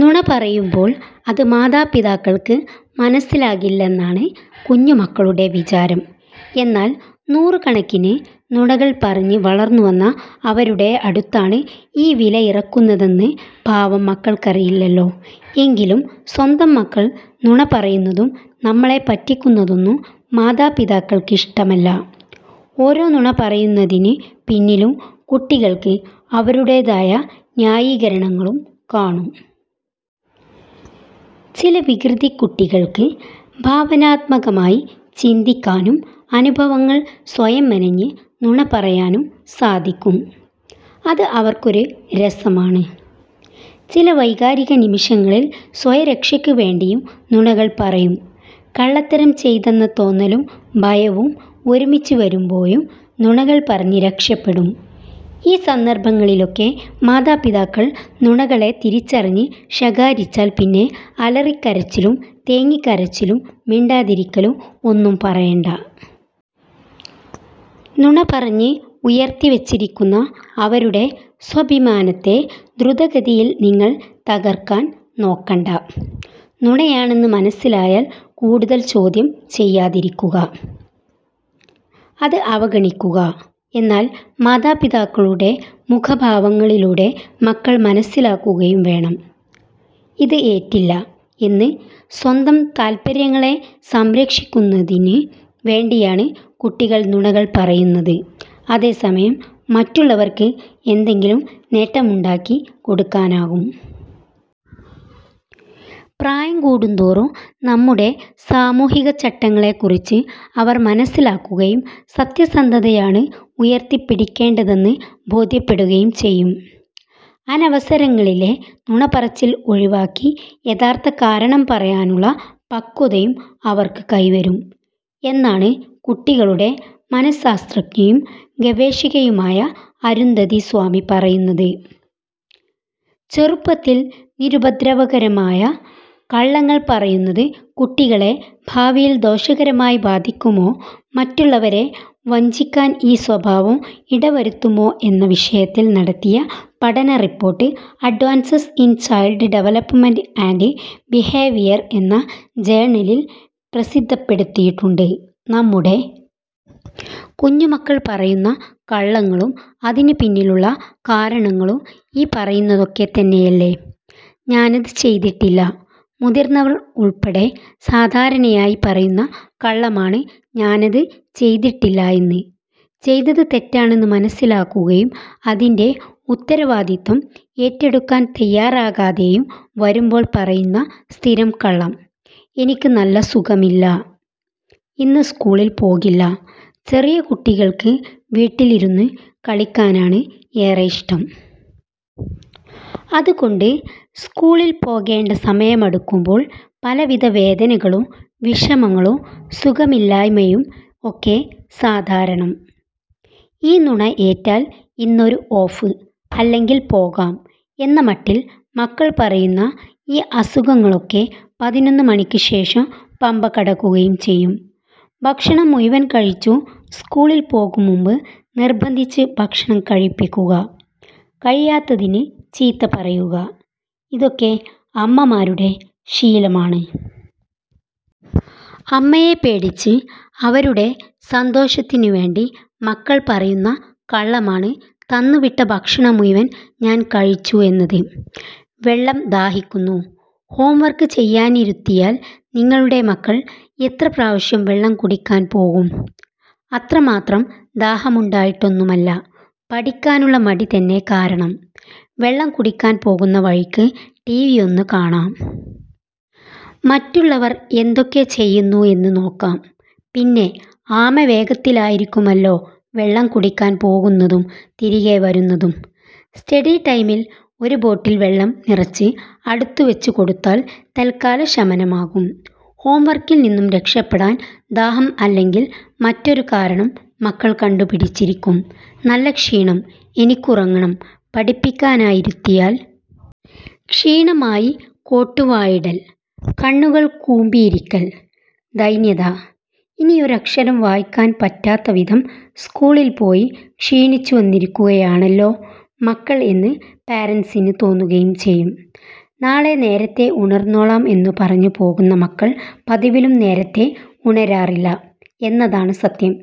നുണ പറയുമ്പോൾ അത് മാതാപിതാക്കൾക്ക് മനസ്സിലാകില്ലെന്നാണ് കുഞ്ഞുമക്കളുടെ വിചാരം. എന്നാൽ നൂറുകണക്കിന് നുണകൾ പറഞ്ഞ് വളർന്നുവന്ന അവരുടെ അടുത്താണ് ഈ വിലയിറക്കുന്നതെന്ന് പാവം മക്കൾക്കറിയില്ലല്ലോ. എങ്കിലും സ്വന്തം മക്കൾ നുണ പറയുന്നതും നമ്മളെ പറ്റിക്കുന്നതൊന്നും മാതാപിതാക്കൾക്കിഷ്ടമല്ല. ഓരോ നുണ പറയുന്നതിന് പിന്നിലും കുട്ടികൾക്ക് അവരുടേതായ ന്യായീകരണങ്ങളും കാണും. ചില വികൃതിക്കുട്ടികൾക്ക് ഭാവനാത്മകമായി ചിന്തിക്കാനും അനുഭവങ്ങൾ സ്വയം മെനഞ്ഞ് നുണ പറയാനും സാധിക്കും. അത് അവർക്കൊരു രസമാണ്. ചില വൈകാരിക നിമിഷങ്ങളിൽ സ്വയരക്ഷയ്ക്ക് വേണ്ടിയും നുണകൾ പറയും. കള്ളത്തരം ചെയ്തെന്ന തോന്നലും ഭയവും ഒരുമിച്ച് വരുമ്പോഴും നുണകൾ പറഞ്ഞ് രക്ഷപ്പെടും.ഈ സന്ദർഭങ്ങളിലൊക്കെ മാതാപിതാക്കൾ നുണകളെ തിരിച്ചറിഞ്ഞ് ശകാരിച്ചാൽ പിന്നെ അലറിക്കരച്ചിലും തേങ്ങിക്കരച്ചിലും മിണ്ടാതിരിക്കലും ഒന്നും പറയണ്ട. നുണ പറഞ്ഞ് ഉയർത്തിവച്ചിരിക്കുന്ന അവരുടെ സ്വാഭിമാനത്തെ ധ്രുതഗതിയിൽ നിങ്ങൾ തകർക്കാൻ നോക്കണ്ട. നുണയാണെന്ന് മനസ്സിലായാൽ കൂടുതൽ ചോദ്യം ചെയ്യാതിരിക്കുക, അത് അവഗണിക്കുക. എന്നാൽ മാതാപിതാക്കളുടെ മുഖഭാവങ്ങളിലൂടെ മക്കൾ മനസ്സിലാക്കുകയും വേണം, ഇത് ഏറ്റില്ല എന്ന്.സ്വന്തം താൽപര്യങ്ങളെ സംരക്ഷിക്കുന്നതിന് വേണ്ടിയാണ് കുട്ടികൾ നുണകൾ പറയുന്നത്. അതേസമയം മറ്റുള്ളവർക്ക് എന്തെങ്കിലും നേട്ടമുണ്ടാക്കി കൊടുക്കാനുമാകാം. പ്രായം കൂടുന്തോറും നമ്മുടെ സാമൂഹിക ചട്ടങ്ങളെക്കുറിച്ച് അവർ മനസ്സിലാക്കുകയും സത്യസന്ധതയാണ് ഉയർത്തിപ്പിടിക്കേണ്ടതെന്ന് ബോധ്യപ്പെടുകയും ചെയ്യും. അനവസരങ്ങളിലെ നുണപറച്ചിൽ ഒഴിവാക്കി യഥാർത്ഥ കാരണം പറയാനുള്ള പക്വതയും അവർക്ക് കൈവരും എന്നാണ് കുട്ടികളുടെ മനഃശാസ്ത്രജ്ഞയും ഗവേഷകയുമായ അരുന്ധതി സ്വാമി പറയുന്നത്. ചെറുപ്പത്തിൽ നിരുപദ്രവകരമായ കള്ളങ്ങൾ പറയുന്നത് കുട്ടികളെ ഭാവിയിൽ ദോഷകരമായി ബാധിക്കുമോ, മറ്റുള്ളവരെ വഞ്ചിക്കാൻ ഈ സ്വഭാവം ഇടവരുത്തുമോ എന്ന വിഷയത്തിൽ നടത്തിയ പഠന report advances in child development and behaviour എന്ന ജേർണലിൽ പ്രസിദ്ധപ്പെടുത്തിയിട്ടുണ്ട്. നമ്മുടെ കുഞ്ഞുമക്കൾ പറയുന്ന കള്ളങ്ങളും അതിനു പിന്നിലുള്ള കാരണങ്ങളും ഈ പറയുന്നതൊക്കെത്തന്നെയല്ലേ? ഞാനത് ചെയ്തിട്ടില്ല. മുതിർന്നവർ ഉൾപ്പെടെ സാധാരണയായി പറയുന്ന കള്ളമാണ് ഞാനത് ചെയ്തിട്ടില്ല എന്ന്. ചെയ്തത് തെറ്റാണെന്ന് മനസ്സിലാക്കുകയും അതിൻ്റെ ഉത്തരവാദിത്തം ഏറ്റെടുക്കാൻ തയ്യാറാകാതെയും വരുമ്പോൾ പറയുന്ന സ്ഥിരം കള്ളം. എനിക്ക് നല്ല സുഖമില്ല, ഇന്ന് സ്കൂളിൽ പോകില്ല. ചെറിയ കുട്ടികൾക്ക് വീട്ടിലിരുന്ന് കളിക്കാനാണ് ഏറെയിഷ്ടം. അതുകൊണ്ട് സ്കൂളിൽ പോകേണ്ട സമയമടുക്കുമ്പോൾ പലവിധ വേദനകളും വിഷമങ്ങളും സുഖമില്ലായ്മയും ഒക്കെ സാധാരണം. ഈ നുണ ഏറ്റാൽ ഇന്നൊരു ഓഫ് അല്ലെങ്കിൽ പോകാം എന്ന മട്ടിൽ മക്കൾ പറയുന്ന ഈ അസുഖങ്ങളൊക്കെ പതിനൊന്ന് മണിക്കുശേഷം പമ്പ കടക്കുകയും ചെയ്യും. ഭക്ഷണം മുഴുവനും കഴിച്ചു. സ്കൂളിൽ പോകുംമുമ്പ് നിർബന്ധിച്ച് ഭക്ഷണം കഴിപ്പിക്കുക, കഴിക്കാത്തതിന് ചീത്ത പറയുക, ഇതൊക്കെ അമ്മമാരുടെ ശീലമാണ്. അമ്മയെ പേടിച്ച് അവരുടെ സന്തോഷത്തിന് വേണ്ടി മക്കൾ പറയുന്ന കള്ളമാണ് തന്നുവിട്ട ഭക്ഷണം മുഴുവൻ ഞാൻ കഴിച്ചു എന്നത്. വെള്ളം ദാഹിക്കുന്നു. ഹോംവർക്ക് ചെയ്യാനിരുത്തിയാൽ നിങ്ങളുടെ മക്കൾ എത്ര പ്രാവശ്യം വെള്ളം കുടിക്കാൻ പോകും? അത്രമാത്രം ദാഹമുണ്ടായിട്ടൊന്നുമല്ല. പഠിക്കാനുള്ള മടി തന്നെ കാരണം. വെള്ളം കുടിക്കാൻ പോകുന്ന വഴിക്ക് ടിവിയൊന്ന് കാണാം. മറ്റുള്ളവർ എന്തൊക്കെ ചെയ്യുന്നു എന്ന് നോക്കാം. പിന്നെ ആമ വേഗത്തിലായിരിക്കുമല്ലോ വെള്ളം കുടിക്കാൻ പോകുന്നതും തിരികെ വരുന്നതും. സ്റ്റഡി ടൈമിൽ ഒരു ബോട്ടിൽ വെള്ളം നിറച്ച് അടുത്ത് വച്ചുകൊടുത്താൽ തൽക്കാല ശമനമാകും. ഹോംവർക്കിൽനിന്നും രക്ഷപ്പെടാൻ ദാഹം അല്ലെങ്കിൽ മറ്റൊരു കാരണം മക്കൾ കണ്ടുപിടിച്ചിരിക്കും. നല്ല ക്ഷീണം, എനിക്കുറങ്ങണം. പഠിപ്പിക്കാനിരുത്തിയാൽ ക്ഷീണമായി കോട്ടുവായിടൽ, കണ്ണുകൾ കൂമ്പിയിരിക്കൽ, ദൈന്യത. ഇനി ഒരക്ഷരം വായിക്കാൻ പറ്റാത്തവിധം സ്കൂളിൽ പോയി ക്ഷീണിച്ചുവന്നിരിക്കയാണല്ലോ മക്കൾ എന്ന് പേരന്റ്സിന് തോന്നുകയും ചെയ്യും. നാളെ നേരത്തേ ഉണർന്നോളാം എന്നു പറഞ്ഞു പോകുന്ന മക്കൾ പതിവിലും നേരത്തേ ഉണരാറില്ല എന്നതാണ് സത്യം.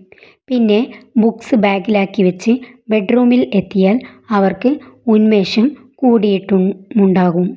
പിന്നെ ബുക്സ് ബാഗിലാക്കി വച്ച് ബെഡ്റൂമിൽ എത്തിയാൽ അവർക്ക് ഉന്മേഷം കൂടിയിട്ടുമുണ്ടാകും.